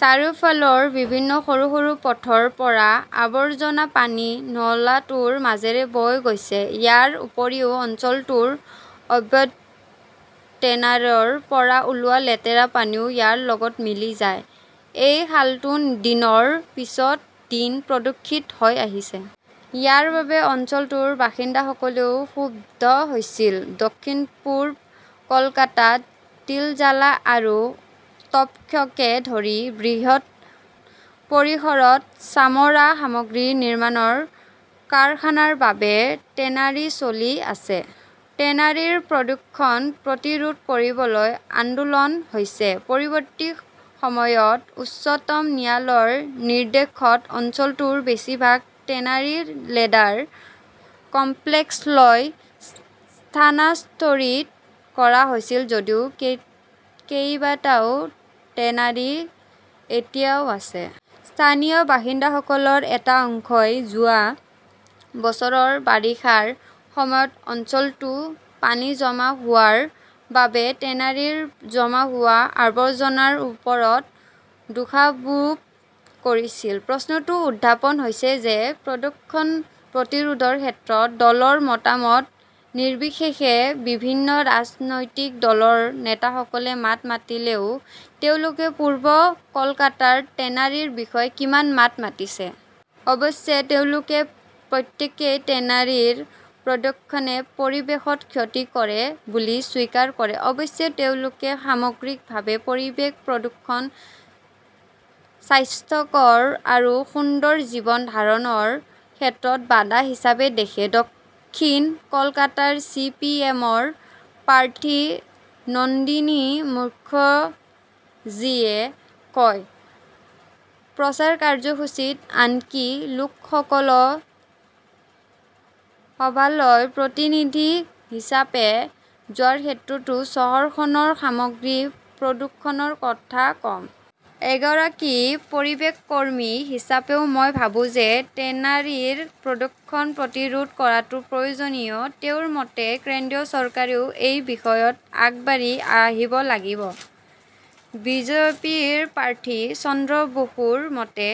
চাৰিওফালৰ বিভিন্ন সৰু - সৰু পথৰ পৰা আৱৰ্জনা পানী নলাটোৰ মাজেৰে বৈ গৈছে। ইয়াৰ উপৰিও অঞ্চলটোৰ অবৈধ টেনাৰীৰ পৰা ওলোৱা লেতেৰা পানীও ইয়াৰ লগত মিলি যায়। এই খালটো দিনৰ পিছত দিন প্ৰদূষিত হৈ আহিছে। ইয়াৰ বাবে অঞ্চলটোৰ বাসিন্দাসকলেও ক্ষুব্ধ হৈছিল। দক্ষিণ-পূব কলকাতাত তিলজালা আৰু তপস্যাকে ধৰি বৃহৎ পৰিসৰত চামৰা সামগ্ৰী নিৰ্মাণৰ কাৰখানা বা টেনাৰী চলি আছে। টেনাৰীৰ প্ৰদূষণ প্ৰতিৰোধ কৰিবলৈ আন্দোলন হৈছে। পৰৱৰ্তী সময়ত উচ্চতম ন্যায়ালয়ৰ নিৰ্দেশত অঞ্চলটোৰ বেছিভাগ টেনাৰী লেদাৰ কমপ্লেক্সলৈ স্থানান্তৰিত কৰা হৈছিল যদিও কেইবাটাও টেনাৰী এতিয়াও আছে। স্থানীয় বাসিন্দাসকলৰ এটা অংশই যোৱা বছৰৰ বাৰিষাৰ সময়ত অঞ্চলটোত পানী জমা হোৱাৰ বাবে টেনাৰীৰ জমা হোৱা আৱৰ্জনাৰ ওপৰত দোষাৰোপ কৰিছিল। প্ৰশ্নটো উত্থাপন হৈছে যে প্ৰদূষণ প্ৰতিৰোধৰ ক্ষেত্ৰত দলৰ মতামত নিৰ্বিশেষে বিভিন্ন ৰাজনৈতিক দলৰ নেতাসকলে মাত মাতিলেও তেওঁলোকে পূব কলকাতাৰ টেনাৰীৰ বিষয়ে কিমান মাত মাতিছে? অৱশ্যে, তেওঁলোকৰ প্ৰত্যেকেই টেনাৰীৰ প্ৰদূষণে পৰিৱেশৰ ক্ষতি কৰে বুলি স্বীকাৰ কৰে। অৱশ্যে, তেওঁলোকে সামগ্ৰিকভাৱে পৰিৱেশ প্ৰদূষণক স্বাস্থ্যকৰ আৰু সুন্দৰ জীৱন ধাৰণৰ ক্ষেত্ৰত বাধা হিচাপে দেখে। দক্ষিণ কলকাতাৰ চি. পি. এম. ৰ প্ৰাৰ্থী নন্দিনী মুখাৰ্জীয়ে কয়, প্ৰচাৰ কাৰ্যসূচীত, আনকি লোকসভালৈ প্ৰতিনিধি হিচাপে যোৱাৰ ক্ষেত্ৰতো, চহৰখনৰ সামগ্ৰিক প্ৰদূষণৰ কথা কম। এগৰাকী পৰিৱেশ কৰ্মী হিচাপেও মই ভাবো যে টেনাৰীৰ প্ৰদূষণ প্ৰতিৰোধ কৰাটো প্ৰয়োজনীয়। তেওঁৰ মতে, কেন্দ্ৰীয় চৰকাৰেও এই বিষয়ত আগবাঢ়ি আহিব লাগিব। বিজেপিৰ প্ৰাৰ্থী চন্দ্ৰ বসুৰ মতে,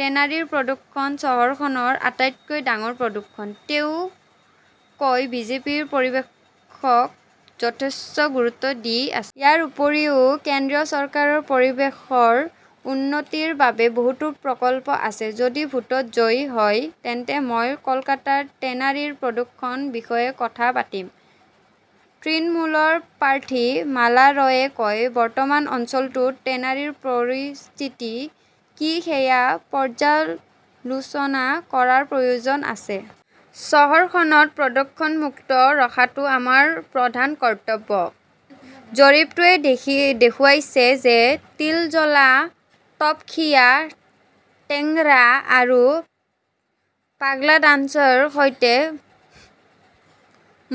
টেনাৰীৰ প্ৰদূষণ চহৰখনৰ আটাইতকৈ ডাঙৰ প্ৰদূষণ। তেওঁ কয়, বিজেপিয়ে পৰিৱেশক যথেষ্ট গুৰুত্ব দি আছে। ইয়াৰ উপৰিও, কেন্দ্ৰীয় চৰকাৰৰ পৰিৱেশৰ উন্নতিৰ বাবে বহুতো প্ৰকল্প আছে। যদি ভোটত জয়ী হয়, তেন্তে মই কলকাতাৰ টেনাৰীৰ প্ৰদূষণৰ বিষয়ে কথা পাতিম। তৃণমূলৰ প্ৰাৰ্থী মালা ৰয়ে কয়, বৰ্তমান অঞ্চলটোত টেনাৰীৰ পৰিস্থিতি কি সেয়া পৰ্যালোচনা কৰাৰ প্ৰয়োজন আছে। চহৰখনক প্ৰদূষণমুক্ত ৰখাটো আমাৰ প্ৰধান কৰ্তব্য। জৰীপটোৱে দেখুৱাইছে যে তিলজলা, তপসিয়া, টেংৰা আৰু পাগলাডাঙ্গাৰ সৈতে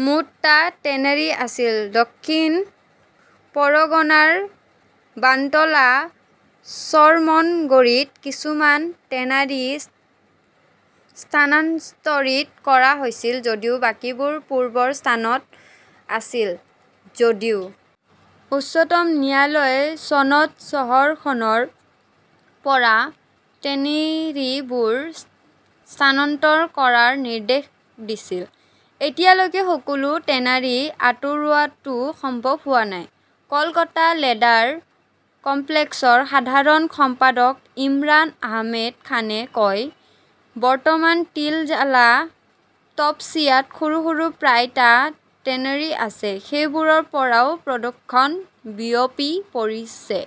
মুঠ টা টেনাৰী আছিল। দক্ষিণ পৰগনাৰ বান্টলা চৰমনগৰীত কিছুমান টেনাৰী স্থানান্তৰিত কৰা হৈছিল যদিও বাকীবোৰ পূৰ্বৰ স্থানত আছিল। যদিও উচ্চতম ন্যায়ালয়ে চনত চহৰখনৰ পৰা টেনাৰীবোৰ স্থানান্তৰ কৰাৰ নিৰ্দেশ দিছিল, এতিয়ালৈকে সকলো টেনাৰী আঁতৰোৱাটো সম্ভৱ হোৱা নাই, কলিকতা লেদাৰ কমপ্লেক্সৰ সাধাৰণ সম্পাদক ইমৰান আহমেদ খানে কয়। বৰ্তমান তিলজালা-তপছিয়াত সৰু - সৰু প্ৰায় টা টেনাৰী আছে। সেইবোৰৰ পৰাও প্ৰদূষণ বিয়পি পৰিছে।